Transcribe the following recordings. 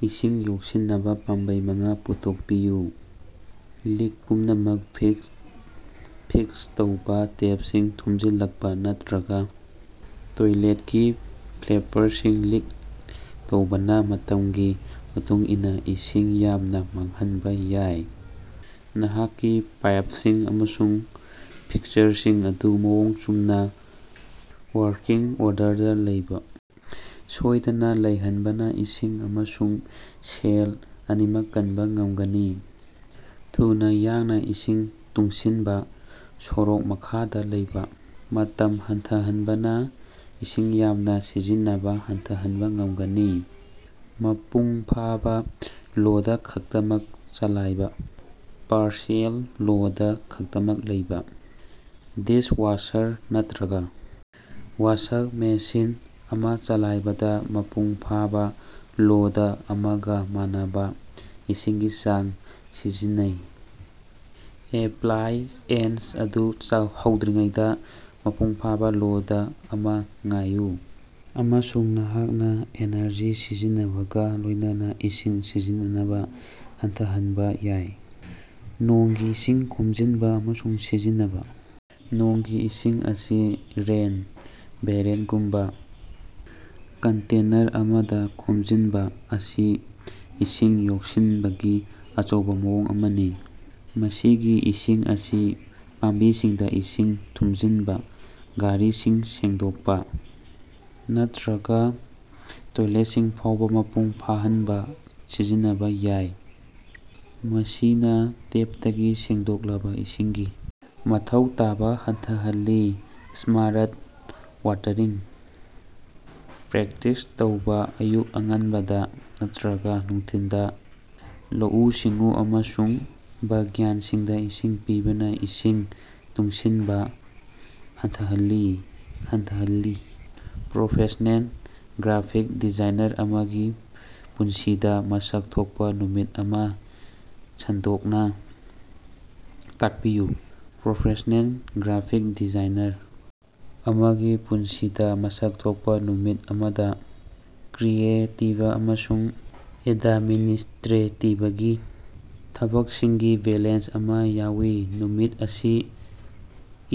ꯏꯁꯤꯡ ꯌꯣꯛꯁꯤꯟꯅꯕ ꯄꯥꯝꯕꯩ ꯃꯉꯥ ꯄꯨꯊꯣꯛꯄꯤꯌꯨ꯫ ꯂꯤꯛ ꯄꯨꯝꯅꯃꯛ ꯐꯤꯛꯁ ꯇꯧꯕ: ꯇꯦꯞꯁꯤꯡ ꯊꯨꯝꯖꯤꯜꯂꯛꯄ ꯅꯠꯇ꯭ꯔꯒ ꯇꯣꯏꯂꯦꯠꯀꯤ ꯐ꯭ꯂꯦꯄꯔꯁꯤꯡ ꯂꯤꯛ ꯇꯧꯕꯅ ꯃꯇꯝꯒꯤ ꯃꯇꯨꯡ ꯏꯟꯅ ꯏꯁꯤꯡ ꯌꯥꯝꯅ ꯃꯥꯡꯍꯟꯕ ꯌꯥꯏ꯫ ꯅꯍꯥꯛꯀꯤ ꯄꯥꯏꯄꯁꯤꯡ ꯑꯃꯁꯨꯡ ꯐꯤꯛꯁꯆꯔꯁꯤꯡ ꯑꯗꯨ ꯃꯑꯣꯡ ꯆꯨꯝꯅ ꯋꯥꯔꯀꯤꯡ ꯑꯣꯔꯗꯔꯗ ꯂꯩꯕ ꯁꯣꯏꯗꯅ ꯂꯩꯍꯟꯕꯅ ꯏꯁꯤꯡ ꯑꯃꯁꯨꯡ ꯁꯦꯜ ꯑꯅꯤꯃꯛ ꯀꯟꯕ ꯉꯝꯒꯅꯤ꯫ ꯊꯨꯅ ꯌꯥꯡꯅ ꯏꯁꯤꯡ ꯇꯨꯡꯁꯤꯟꯕ: ꯁꯣꯔꯣꯛ ꯃꯈꯥꯗ ꯂꯩꯕ ꯃꯇꯝ ꯍꯟꯊꯍꯟꯕꯅ ꯏꯁꯤꯡ ꯌꯥꯝꯅ ꯁꯤꯖꯤꯟꯅꯕ ꯍꯟꯊꯍꯟꯕ ꯉꯝꯒꯅꯤ꯫ ꯃꯄꯨꯡ ꯐꯥꯕ ꯂꯣꯗ ꯈꯛꯇꯃꯛ ꯆꯂꯥꯏꯕ: ꯄꯥꯔꯁꯤꯑꯦꯜ ꯂꯣꯗ ꯈꯛꯇꯃꯛ ꯂꯩꯕ ꯗꯤꯁꯋꯥꯁꯔ ꯅꯠꯇ꯭ꯔꯒ ꯋꯥꯁꯛ ꯃꯦꯁꯤꯟ ꯑꯃ ꯆꯂꯥꯏꯕꯗ ꯃꯄꯨꯡ ꯐꯥꯕ ꯂꯣꯗ ꯑꯃꯒ ꯃꯥꯟꯅꯕ ꯏꯁꯤꯡꯒꯤ ꯆꯥꯡ ꯁꯤꯖꯤꯟꯅꯩ꯫ ꯑꯦꯄ꯭ꯂꯥꯏꯑꯦꯟꯁ ꯑꯗꯨ ꯍꯧꯗ꯭ꯔꯤꯉꯩꯗ ꯃꯄꯨꯡꯐꯥꯕ ꯂꯣꯗ ꯑꯃ ꯉꯥꯏꯌꯨ, ꯑꯃꯁꯨꯡ ꯅꯍꯥꯛꯅ ꯑꯦꯅꯔꯖꯤ ꯁꯤꯖꯤꯟꯅꯕꯒ ꯂꯣꯏꯅꯅ ꯏꯁꯤꯡ ꯁꯤꯖꯤꯟꯅꯕ ꯍꯟꯊꯍꯟꯕ ꯌꯥꯏ꯫ ꯅꯣꯡꯒꯤ ꯏꯁꯤꯡ ꯈꯣꯝꯖꯤꯟꯕ ꯑꯃꯁꯨꯡ ꯁꯤꯖꯤꯟꯅꯕ: ꯅꯣꯡꯒꯤ ꯏꯁꯤꯡ ꯑꯁꯤ ꯔꯦꯟ ꯕꯦꯔꯦꯜꯒꯨꯝꯕ ꯀꯟꯇꯦꯅꯔ ꯑꯃꯗ ꯈꯣꯝꯖꯤꯟꯕ ꯑꯁꯤ ꯏꯁꯤꯡ ꯌꯣꯛꯁꯤꯟꯕꯒꯤ ꯑꯆꯧꯕ ꯃꯑꯣꯡ ꯑꯃꯅꯤ꯫ ꯃꯁꯤꯒꯤ ꯏꯁꯤꯡ ꯑꯁꯤ ꯄꯥꯝꯕꯤꯁꯤꯡꯗ ꯏꯁꯤꯡ ꯊꯨꯝꯖꯤꯟꯕ, ꯒꯥꯔꯤꯁꯤꯡ ꯁꯦꯡꯗꯣꯛꯄ ꯅꯠꯇ꯭ꯔꯒ ꯇꯣꯏꯂꯦꯠꯁꯤꯡ ꯐꯥꯎꯕ ꯃꯄꯨꯡ ꯐꯥꯍꯟꯕꯗ ꯁꯤꯖꯤꯟꯅꯕ ꯌꯥꯏ, ꯃꯁꯤꯅ ꯇꯦꯞꯇꯒꯤ ꯁꯦꯡꯗꯣꯛꯂꯕ ꯏꯁꯤꯡꯒꯤ ꯃꯊꯧ ꯇꯥꯕ ꯍꯟꯊꯍꯜꯂꯤ꯫ ꯁ꯭ꯃꯥꯔꯠ ꯋꯥꯇꯔꯤꯡ ꯄ꯭ꯔꯦꯛꯇꯤꯁ ꯇꯧꯕ: ꯑꯌꯨꯛ ꯑꯉꯟꯕꯗ ꯅꯠꯇ꯭ꯔꯒ ꯅꯨꯡꯊꯤꯜꯗ ꯂꯧꯎ-ꯁꯤꯡꯎ ꯑꯃꯁꯨꯡ ꯕꯥꯒꯥꯟꯁꯤꯡꯗ ꯏꯁꯤꯡ ꯄꯤꯕꯅ ꯏꯁꯤꯡ ꯇꯨꯡꯁꯤꯟꯕ ꯍꯟꯊꯍꯜꯂꯤ꯫ ꯄ꯭ꯔꯣꯐꯦꯁ꯭ꯅꯦꯜ ꯒ꯭ꯔꯥꯐꯤꯛ ꯗꯤꯖꯥꯏꯅꯔ ꯑꯃꯒꯤ ꯄꯨꯟꯁꯤꯗ ꯃꯁꯛ ꯊꯣꯛꯄ ꯅꯨꯃꯤꯠ ꯑꯃ ꯁꯟꯗꯣꯛꯅ ꯇꯥꯛꯄꯤꯌꯨ꯫ ꯄ꯭ꯔꯣꯐꯦꯁ꯭ꯅꯦꯜ ꯒ꯭ꯔꯥꯐꯤꯛ ꯗꯤꯖꯥꯏꯅꯔ ꯑꯃꯒꯤ ꯄꯨꯟꯁꯤꯗ ꯃꯁꯛ ꯊꯣꯛꯄ ꯅꯨꯃꯤꯠ ꯑꯃꯗ ꯀ꯭ꯔꯤꯌꯦꯇꯤꯕ ꯑꯃꯁꯨꯡ ꯑꯦꯗꯃꯤꯅꯤꯁ꯭ꯇꯔꯦꯇꯤꯕꯀꯤ ꯊꯕꯛꯁꯤꯡꯒꯤ ꯕꯦꯂꯦꯟꯁ ꯑꯃ ꯌꯥꯎꯏ꯫ ꯅꯨꯃꯤꯠ ꯑꯁꯤ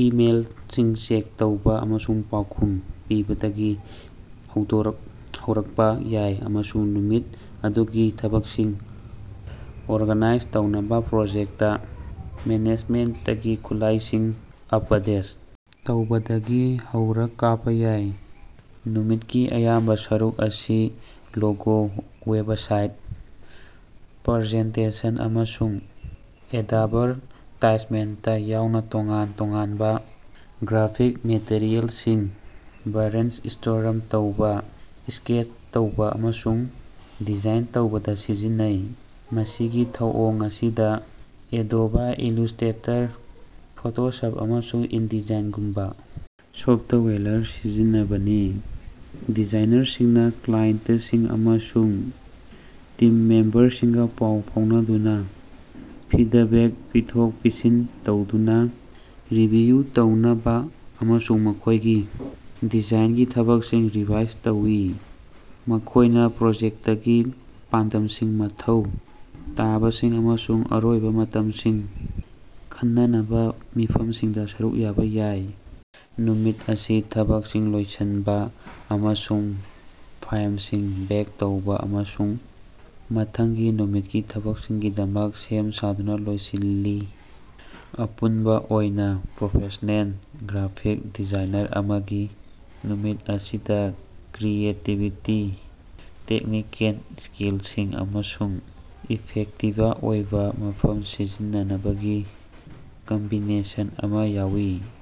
ꯏꯃꯦꯜꯁꯤꯡ ꯆꯦꯛ ꯇꯧꯕ ꯑꯃꯁꯨꯡ ꯄꯥꯎꯈꯨꯝ ꯄꯤꯕꯗꯒꯤ ꯍꯧꯔꯛꯄ ꯌꯥꯏ ꯑꯃꯁꯨꯡ ꯅꯨꯃꯤꯠ ꯑꯗꯨꯒꯤ ꯊꯕꯛꯁꯤꯡ ꯑꯣꯔꯒꯅꯥꯏꯖ ꯇꯧꯅꯕ ꯄ꯭ꯔꯣꯖꯦꯛꯇ ꯃꯦꯅꯦꯖꯃꯦꯟꯇꯀꯤ ꯈꯨꯠꯂꯥꯏꯁꯤꯡ ꯑꯄꯗꯦꯠ ꯇꯧꯕꯗꯒꯤ ꯍꯧꯔꯀꯄꯥ ꯌꯥꯏ꯫ ꯅꯨꯃꯤꯠꯀꯤ ꯑꯌꯥꯝꯕ ꯁꯔꯨꯛ ꯑꯁꯤ ꯂꯣꯒꯣ, ꯋꯦꯕꯁꯥꯏꯠ, ꯄ꯭ꯔꯖꯦꯟꯇꯦꯁꯟ, ꯑꯃꯁꯨꯡ ꯑꯦꯗꯚꯥꯔꯇꯥꯏꯖꯃꯦꯟꯇ ꯌꯥꯎꯅ ꯇꯣꯉꯥꯟ ꯇꯣꯉꯥꯟꯕ ꯒ꯭ꯔꯥꯐꯤꯛ ꯃꯦꯇꯔꯤꯑꯦꯜꯁꯤꯡ ꯕ꯭ꯔꯦꯟꯁ꯭ꯇꯣꯔꯝ ꯇꯧꯕ, ꯁ꯭ꯀꯦꯠ ꯇꯧꯕ ꯑꯃꯁꯨꯡ ꯗꯤꯖꯥꯏꯟ ꯇꯧꯕꯗ ꯁꯤꯖꯤꯟꯅꯩ꯫ ꯃꯁꯤꯒꯤ ꯊꯧꯑꯣꯡ ꯑꯁꯤꯗ ꯑꯦꯗꯣꯕ ꯏꯜꯂꯨꯁ꯭ꯇꯦꯇꯔ, ꯐꯣꯇꯣꯁꯞ, ꯑꯃꯁꯨꯡ ꯏꯟꯗꯤꯖꯥꯏꯟꯒꯨꯝꯕ ꯁꯣꯐ꯭ꯇꯋꯦꯔ ꯁꯤꯖꯤꯟꯅꯕꯅꯤ꯫ ꯗꯤꯖꯥꯏꯅꯔꯁꯤꯡꯅ ꯀ꯭ꯂꯥꯏꯟꯇꯁꯤꯡ ꯑꯃꯁꯨꯡ ꯇꯤꯝ ꯃꯦꯝꯕꯔꯁꯤꯡꯒ ꯄꯥꯎ ꯐꯥꯎꯅꯗꯨꯅ ꯐꯤꯗꯕꯦꯛ ꯄꯤꯊꯣꯛ-ꯄꯤꯁꯤꯟ ꯇꯧꯅꯗꯨꯅ, ꯔꯤꯚꯤꯌꯨ ꯇꯧꯅꯕ ꯑꯃꯁꯨꯡ ꯃꯈꯣꯏꯒꯤ ꯗꯤꯖꯥꯏꯟꯒꯤ ꯊꯕꯛꯁꯤꯡ ꯔꯤꯚꯥꯏꯖ ꯇꯧꯏ꯫ ꯃꯈꯣꯏꯅ ꯄ꯭ꯔꯣꯖꯦꯛꯇꯀꯤ ꯄꯥꯟꯗꯝꯁꯤꯡ, ꯃꯊꯧ ꯇꯥꯕꯁꯤꯡ ꯑꯃꯁꯨꯡ ꯑꯔꯣꯏꯕ ꯃꯇꯝꯁꯤꯡ ꯈꯟꯅꯅꯕ ꯃꯤꯐꯝꯁꯤꯡꯗ ꯁꯔꯨꯛ ꯌꯥꯕ ꯌꯥꯏ꯫ ꯅꯨꯃꯤꯠ ꯑꯁꯤ ꯊꯕꯛꯁꯤꯡ ꯂꯣꯏꯁꯤꯟꯕ ꯑꯃꯁꯨꯡ ꯐꯥꯏꯝꯁꯤꯡ ꯕꯦꯛ ꯇꯧꯕ ꯑꯃꯁꯨꯡ ꯃꯊꯪꯒꯤ ꯅꯨꯃꯤꯠꯀꯤ ꯊꯕꯛꯁꯤꯡꯒꯤꯗꯃꯛ ꯁꯦꯝ ꯁꯥꯗꯨꯅ ꯂꯣꯏꯁꯤꯜꯂꯤ꯫ ꯑꯄꯨꯟꯕ ꯑꯣꯏꯅ ꯄ꯭ꯔꯣꯐꯦꯁ꯭ꯅꯦꯜ ꯒ꯭ꯔꯥꯐꯤꯛ ꯗꯤꯖꯥꯏꯅꯔ ꯑꯃꯒꯤ ꯅꯨꯃꯤꯠ ꯑꯁꯤꯗ ꯀ꯭ꯔꯤꯌꯦꯇꯤꯕꯤꯇꯤ, ꯇꯦꯛꯅꯤꯀꯦꯜ ꯁ꯭ꯀꯤꯜꯁꯤꯡ ꯑꯃꯁꯨꯡ ꯏꯐꯦꯛꯇꯤꯕ ꯑꯣꯏꯕ ꯃꯇꯝ ꯁꯤꯖꯤꯟꯅꯕꯒꯤ ꯀꯝꯕꯤꯅꯦꯁꯟ ꯑꯃ ꯌꯥꯎꯏ꯫